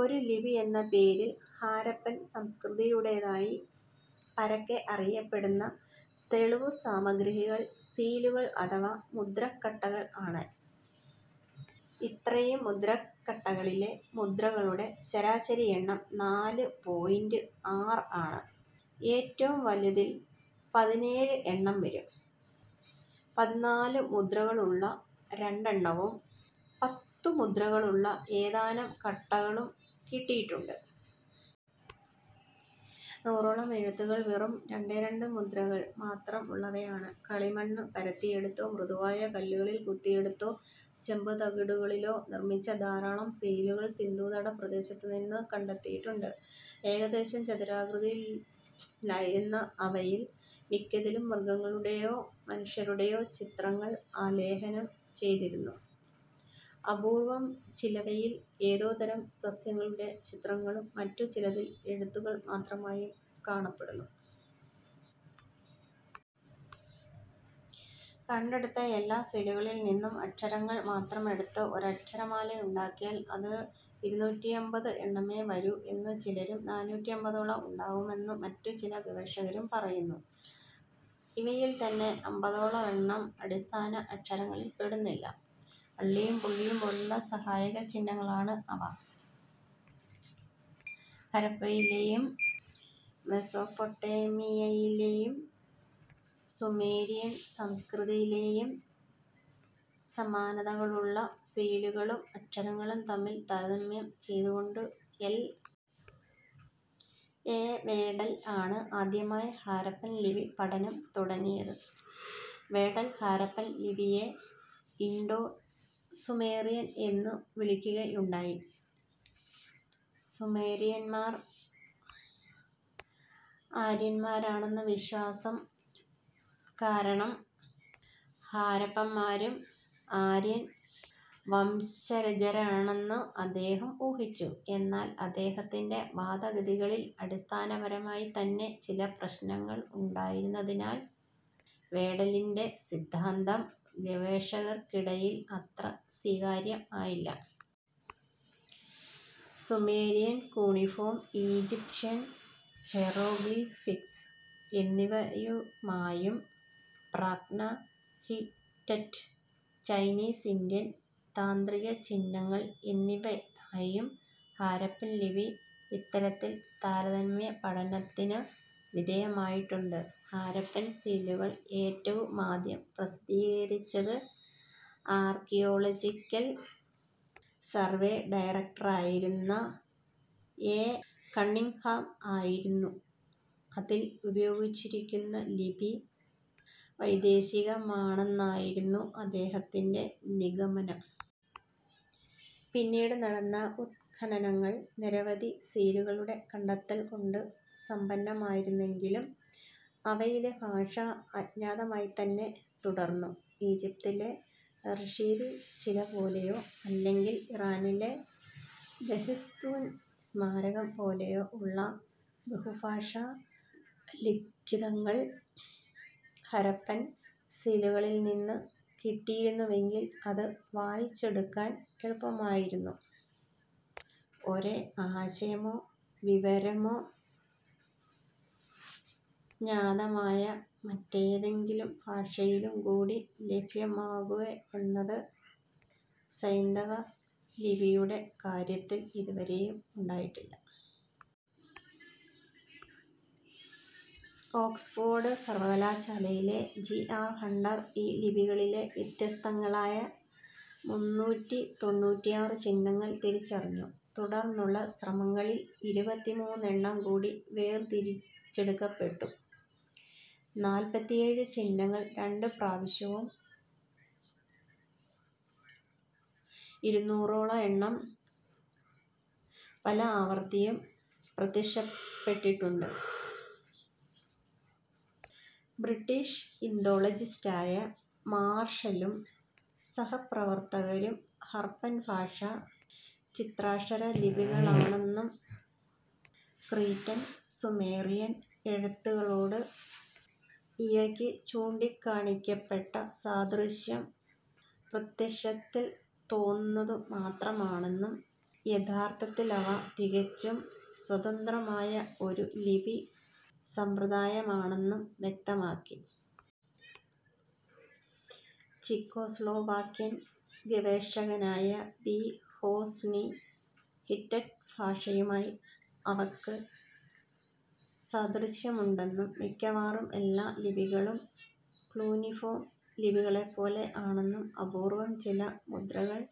ഒരു ലിപി എന്ന പേരിൽ ഹാരപ്പൻ സംസ്കൃതിയുടേതായി പരക്കെ അറിയപ്പെടുന്ന തെളിവുസാമഗ്രികൾ സീലുകൾ അഥവാ മുദ്രക്കട്ടകൾ ആണ്. ഇത്രയും മുദ്രക്കട്ടകളിലെ മുദ്രകളുടെ ശരാശരി എണ്ണം നാല് പോയിന്റ് ആർ ആണ്. ഏറ്റവും വലുതിൽ പതിനേഴ് എണ്ണം വരും. പതിനാലു മുദ്രകളുള്ള രണ്ടെണ്ണവും പത്ത് മുദ്രകളുള്ള ഏതാനും കട്ടകളും കിട്ടിയിട്ടുണ്ട്. നൂറോളം എഴുത്തുകൾ വെറും രണ്ടേ രണ്ട് മുദ്രകൾ മാത്രമുള്ളവയാണ്. കളിമണ്ണ് പരത്തിയെടുത്തോ, മൃദുവായ കല്ലുകളിൽ കൊത്തിയെടുത്തോ, ചെമ്പുതകിടുകളിലോ നിർമ്മിച്ച ധാരാളം സീലുകൾ സിന്ധുതടപ്രദേശത്തുനിന്ന് കണ്ടെത്തിയിട്ടുണ്ട്. ഏകദേശം ചതുരാകൃതിയിലായിരുന്ന അവയിൽ മിക്കതിലും മൃഗങ്ങളുടേയോ മനുഷ്യരുടേയോ ചിത്രങ്ങൾ ആലേഖനം ചെയ്തിരുന്നു. അപൂർവം ചിലവയിൽ ഏതോ തരം സസ്യങ്ങളുടെ ചിത്രങ്ങളും മറ്റു ചിലതിൽ എഴുത്തുകൾ മാത്രമായും കാണപ്പെടുന്നു. കണ്ടെടുത്ത എല്ലാ സീലുകളിൽനിന്നും അക്ഷരങ്ങൾ മാത്രമെടുത്ത് ഒരക്ഷരമാലയുണ്ടാക്കിയാൽ അത് ഇരുന്നൂറ്റി അമ്പത് എണ്ണമേ വരൂ എന്ന് ചിലരും നാനൂറ്റി അമ്പതോളം ഉണ്ടാവുമെന്ന് മറ്റു ചില ഗവേഷകരും പറയുന്നു. ഇവയിൽത്തന്നെ അമ്പതോളം എണ്ണം അടിസ്ഥാന അക്ഷരങ്ങളിൽപ്പെടുന്നില്ല. വള്ളിയും പുള്ളിയും പോലുള്ള സഹായക ചിഹ്നങ്ങളാണ് അവ. ഹരപ്പയിലേയും മെസോപൊട്ടേമിയയിലേയും സുമേരിയൻ സംസ്കൃതിയിലേയും സമാനതകളുള്ള സീലുകളും അക്ഷരങ്ങളും തമ്മിൽ താരതമ്യം ചെയ്തുകൊണ്ട് എൽ. എ. വേഡൽ ആണ് ആദ്യമായി ഹാരപ്പൻ ലിപി പഠനം തുടങ്ങിയത്. വേഡൽ ഹാരപ്പൻ ലിപിയെ ഇൻഡോ സുമേറിയൻ എന്നു വിളിക്കുകയുണ്ടായി. സുമേരിയന്മാർ ആര്യന്മാരാണെന്ന വിശ്വാസം കാരണം ഹാരപ്പന്മാരും ആര്യൻ വംശജരാണെന്ന് അദ്ദേഹം ഊഹിച്ചു. എന്നാൽ അദ്ദേഹത്തിൻ്റെ വാദഗതികളിൽ അടിസ്ഥാനപരമായിത്തന്നെ ചില പ്രശ്നങ്ങൾ ഉണ്ടായിരുന്നതിനാൽ വേഡലിൻ്റെ സിദ്ധാന്തം ഗവേഷകർക്കിടയിൽ അത്ര സ്വീകാര്യമായില്ല. സുമേരിയൻ കൂണിഫോം, ഈജിപ്ഷ്യൻ ഹേയ്റോഗ്ലിഫിക്സ് എന്നിവയുമായും പ്രാക്തന ഹിറ്റ്റ്റ്, ചൈനീസ്, ഇന്ത്യൻ താന്ത്രിക ചിഹ്നങ്ങൾ എന്നിവമായും ഹാരപ്പൻ ലിപി ഇത്തരത്തിൽ താരതമ്യപഠനത്തിനു വിധേയമായിട്ടുണ്ട്. ഹാരപ്പൻ സീലുകൾ ഏറ്റവുമാദ്യം പ്രസിദ്ധീകരിച്ചത് ആർക്കിയോളജിക്കൽ സർവേ ഡയറക്റ്ററായിരുന്ന എ. കണ്ണിങ്ങ്ഹാം ആയിരുന്നു. അതിൽ ഉപയോഗിച്ചിരിക്കുന്ന ലിപി വൈദേശികമാണെന്നായിരുന്നു അദ്ദേഹത്തിൻ്റെ നിഗമനം. പിന്നീട് നടന്ന ഉത്ഖനനങ്ങൾ നിരവധി സീലുകളുടെ കണ്ടെത്തൽകൊണ്ട് സമ്പന്നമായിരുന്നെങ്കിലും അവയിലെ ഭാഷ അജ്ഞാതമായിത്തന്നെ തുടർന്നു. ഈജിപ്തിലെ റഷീദ് ശില പോലെയോ അല്ലെങ്കിൽ ഇറാനിലെ ബെഹിസ്തൂൻ സ്മാരകം പോലെയോ ഉള്ള ബഹുഭാഷാലിഖിതങ്ങൾ ഹരപ്പൻ സീലുകളിൽനിന്ന് കിട്ടിയിരുന്നുവെങ്കിൽ അത് വായിച്ചെടുക്കാൻ എളുപ്പമായിരുന്നു. ഒരേ ആശയമോ വിവരമോ ജ്ഞാതമായ മറ്റേതെങ്കിലും ഭാഷയിലുംകൂടി ലഭ്യമാകുകയെന്നത് സൈന്ധവലിപിയുടെ കാര്യത്തിൽ ഇതുവരെയും ഉണ്ടായിട്ടില്ല. ഓക്സ്ഫോർഡ് സർവകലാശാലയിലെ ജി. ആർ. ഹണ്ടർ ഈ ലിപികളിലെ വ്യത്യസ്തങ്ങളായ മുന്നൂറ്റി തൊണ്ണൂറ്റിയാറ് ചിഹ്നങ്ങൾ തിരിച്ചറിഞ്ഞു. തുടർന്നുള്ള ശ്രമങ്ങളിൽ ഇരുപത്തിമൂന്ന് എണ്ണം കൂടി വേർതിരിച്ചെടുക്കപ്പെട്ടു. നാൽപ്പത്തിയേഴ് ചിഹ്നങ്ങൾ രണ്ട് പ്രാവശ്യവും ഇരുന്നൂറോളം എണ്ണം പല ആവർത്തിയും പ്രത്യക്ഷപ്പെട്ടിട്ടുണ്ട്. ബ്രിട്ടിഷ് ഇന്തോളജിസ്റ്റായ മാർഷലും സഹപ്രവർത്തകരും ഹർപ്പൻ ഭാഷ ചിത്രാക്ഷരലിപികളാണെന്നും ക്രീറ്റൻ സുമേറിയൻ എഴുത്തുകളോട് ഇവയ്ക്ക് ചൂണ്ടിക്കാണിക്കപ്പെട്ട സാദൃശ്യം പ്രത്യക്ഷത്തിൽ തോന്നുന്നതുമാത്രമാണെന്നും യഥാർഥത്തിൽ അവ തികച്ചും സ്വതന്ത്രമായ ഒരു ലിപി സമ്പ്രദായമാണെന്നും വ്യക്തമാക്കി. ചെക്കോസ്ലാവാക്യൻ ഗവേഷകനായ ബി. ഹോസ്നി ഹിറ്ററ്റ് ഭാഷയുമായി അവക്ക് സാദൃശ്യമുണ്ടെന്നും, മിക്കവാറും എല്ലാ ലിപികളും ക്യൂനിഫോം ലിപികളെപ്പോലെ ആണെന്നും അപൂർവം ചില മുദ്രകൾ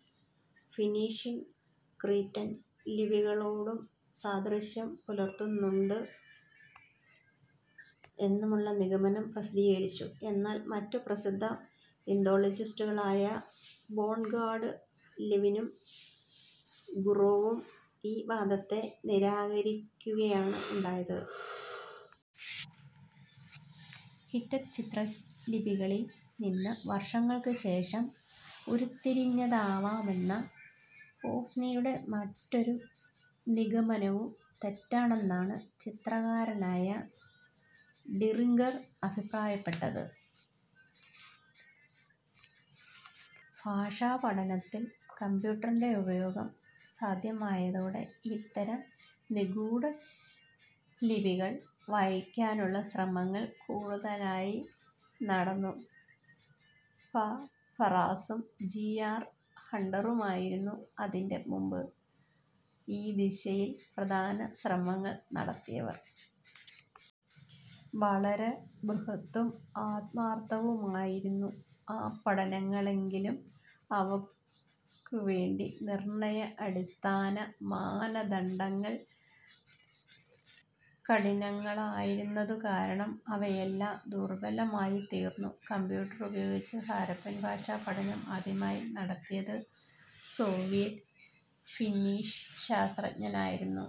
ഫിനീശിൻ ക്രീറ്റൻ ലിപികളോടും സാദൃശ്യം പുലർത്തുന്നുണ്ട് എന്നുമുള്ള നിഗമനം പ്രസിദ്ധീകരിച്ചു. എന്നാൽ മറ്റു പ്രസിദ്ധ ഇന്തോളജിസ്റ്റുകളായ ബോൺഗാഡ് ലെവിനും ഗുറോവും ഈ വാദത്തെ നിരാകരിക്കുകയാണ് ഉണ്ടായത്. ഹിറ്ററ്റ് ചിത്രലിപികളിൽ നിന്ന് വർഷങ്ങൾക്ക് ശേഷം ഉരുത്തിരിഞ്ഞതാവാമെന്ന ഹോസ്നിയുടെ മറ്റൊരു നിഗമനവും തെറ്റാണെന്നാണ് ചരിത്രകാരനായ ഡിറിംഗർ അഭിപ്രായപ്പെട്ടത്. ഭാഷാപഠനത്തിൽ കമ്പ്യൂട്ടറിൻ്റെ ഉപയോഗം സാധ്യമായതോടെ ഇത്തരം നിഗൂഢലിപികൾ വായിക്കാനുള്ള ശ്രമങ്ങൾ കൂടുതലായി നടന്നു. ഫാ. ഹെറാസും ജി. ആർ. ഹണ്ടറുമായിരുന്നു അതിന്റെ മുമ്പ് ഈ ദിശയിൽ പ്രധാന ശ്രമങ്ങൾ നടത്തിയവർ. വളരെ ബൃഹത്തും ആത്മാർഥവുമായിരുന്നു ആ പഠനങ്ങളെങ്കിലും അവക്കുവേണ്ടി നിർണയ അടിസ്ഥാനമാനദണ്ഡങ്ങൾ കഠിനങ്ങളായിരുന്നതുകാരണം അവയെല്ലാം ദുർബലമായിത്തീർന്നു. കമ്പ്യൂട്ടർ ഉപയോഗിച്ച് ഹാരപ്പൻ ഭാഷാ പഠനം ആദ്യമായി നടത്തിയത് സോവിയറ്റ് ഫിന്നീഷ് ശാസ്ത്രജ്ഞരായിരുന്നു.